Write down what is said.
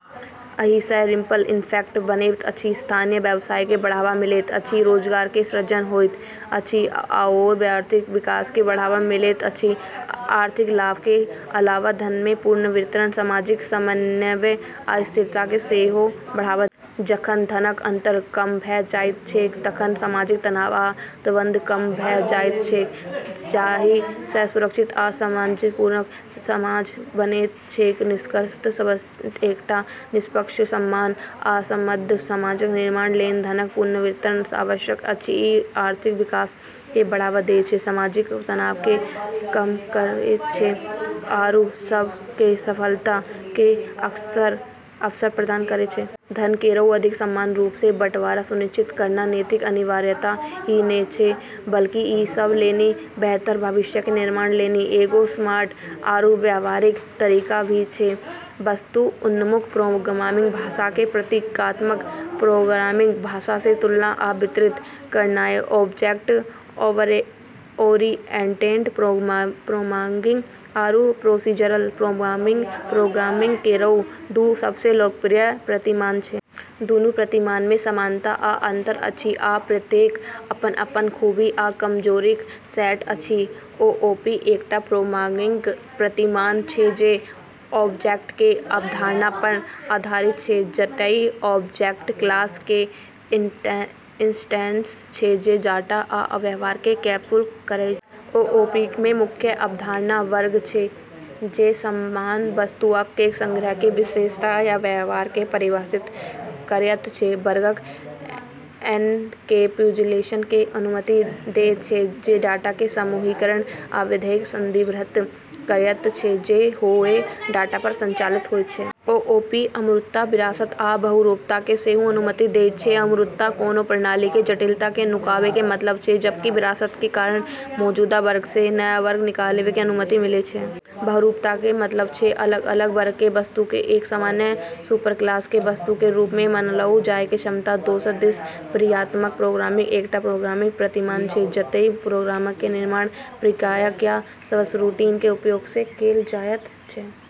एहि सं ripple effect बनैत अछि, स्थानीय व्यवसाय के बढ़ावा मिलैत अछि, रोजगार के सृजन होइत अछि, आओर आर्थिक विकास के बढ़ावा मिलैत अछि. आर्थिक लाभ कें अलावा धन कें पुनर्वितरण सामाजिक समन्वय आ स्थिरता कें सेहो बढ़ावा देयत छै. जखन धनक अंतर कम भ' जाइत छैक तखन सामाजिक तनाव आ द्वंद्व कम भ' जाइत छैक, जाहि सं सुरक्षित आ सामंजस्यपूर्ण समाज बनैत छैक. निष्कर्षतः एकटा निष्पक्ष, समान, आ समृद्ध समाजक निर्माण लेल धनक पुनर्वितरण आवश्यक अछि ई आर्थिक विकास क॑ बढ़ावा दै छै, सामाजिक तनाव क॑ कम करै छै, आरू सब क॑ सफलता के अवसर प्रदान करै छै। धन केरऽ अधिक समान रूप स॑ बंटवारा सुनिश्चित करना नैतिक अनिवार्यता ही नै छै, बल्कि ई सब लेली बेहतर भविष्य के निर्माण लेली एगो स्मार्ट आरू व्यावहारिक तरीका भी छै। वस्तु-उन्मुख प्रोग्रामिंग भाषा कें प्रक्रियात्मक प्रोग्रामिंग भाषा सं तुलना आ विपरीत करनाय ऑब्जेक्ट-ओरिएंटेड प्रोग्रामिंग आरू प्रोसीजरल प्रोग्रामिंग प्रोग्रामिंग केरऽ दू सबसें लोकप्रिय प्रतिमान छै। दुनू प्रतिमान मे समानता आ अंतर अछि, आ प्रत्येकक अपन-अपन खूबी आ कमजोरीक सेट अछि। ओओपी एकटा प्रोग्रामिंग प्रतिमान छै जे ऑब्जेक्ट कें अवधारणा पर आधारित छै, जतय ऑब्जेक्ट क्लास कें इंस्टेंस छै जे डाटा आ व्यवहार कें कैप्सूल करय छै. ओओपी मे मुख्य अवधारणा वर्ग छै, जे समान वस्तुअक कें संग्रह कें विशेषता आ व्यवहार कें परिभाषित करयत छै. वर्गक एनकैप्सुलेशन कें अनुमति देयत छै, जे डाटा कें समूहीकरण आ विधियक कें संदर्भित करयत छै जे ओय डाटा पर संचालित होयत छै. ओओपी अमूर्तता, विरासत, आ बहुरूपता कें सेहो अनुमति देयत छै. अमूर्तता कोनो प्रणाली के जटिलता के नुकाबै के मतलब छै, जबकि विरासत के कारण मौजूदा वर्ग स॑ नया वर्ग निकालै के अनुमति मिलै छै। बहुरूपता के मतलब छै अलग-अलग वर्ग के वस्तु के एक सामान्य सुपरक्लास के वस्तु के रूप में मानलऽ जाय के क्षमता। दोसर दिस प्रक्रियात्मक प्रोग्रामिंग एकटा प्रोग्रामिंग प्रतिमान छै जतय प्रोग्रामक कें निर्माण प्रक्रियाक, या सबरूटीन कें उपयोग सं कैल जायत छै.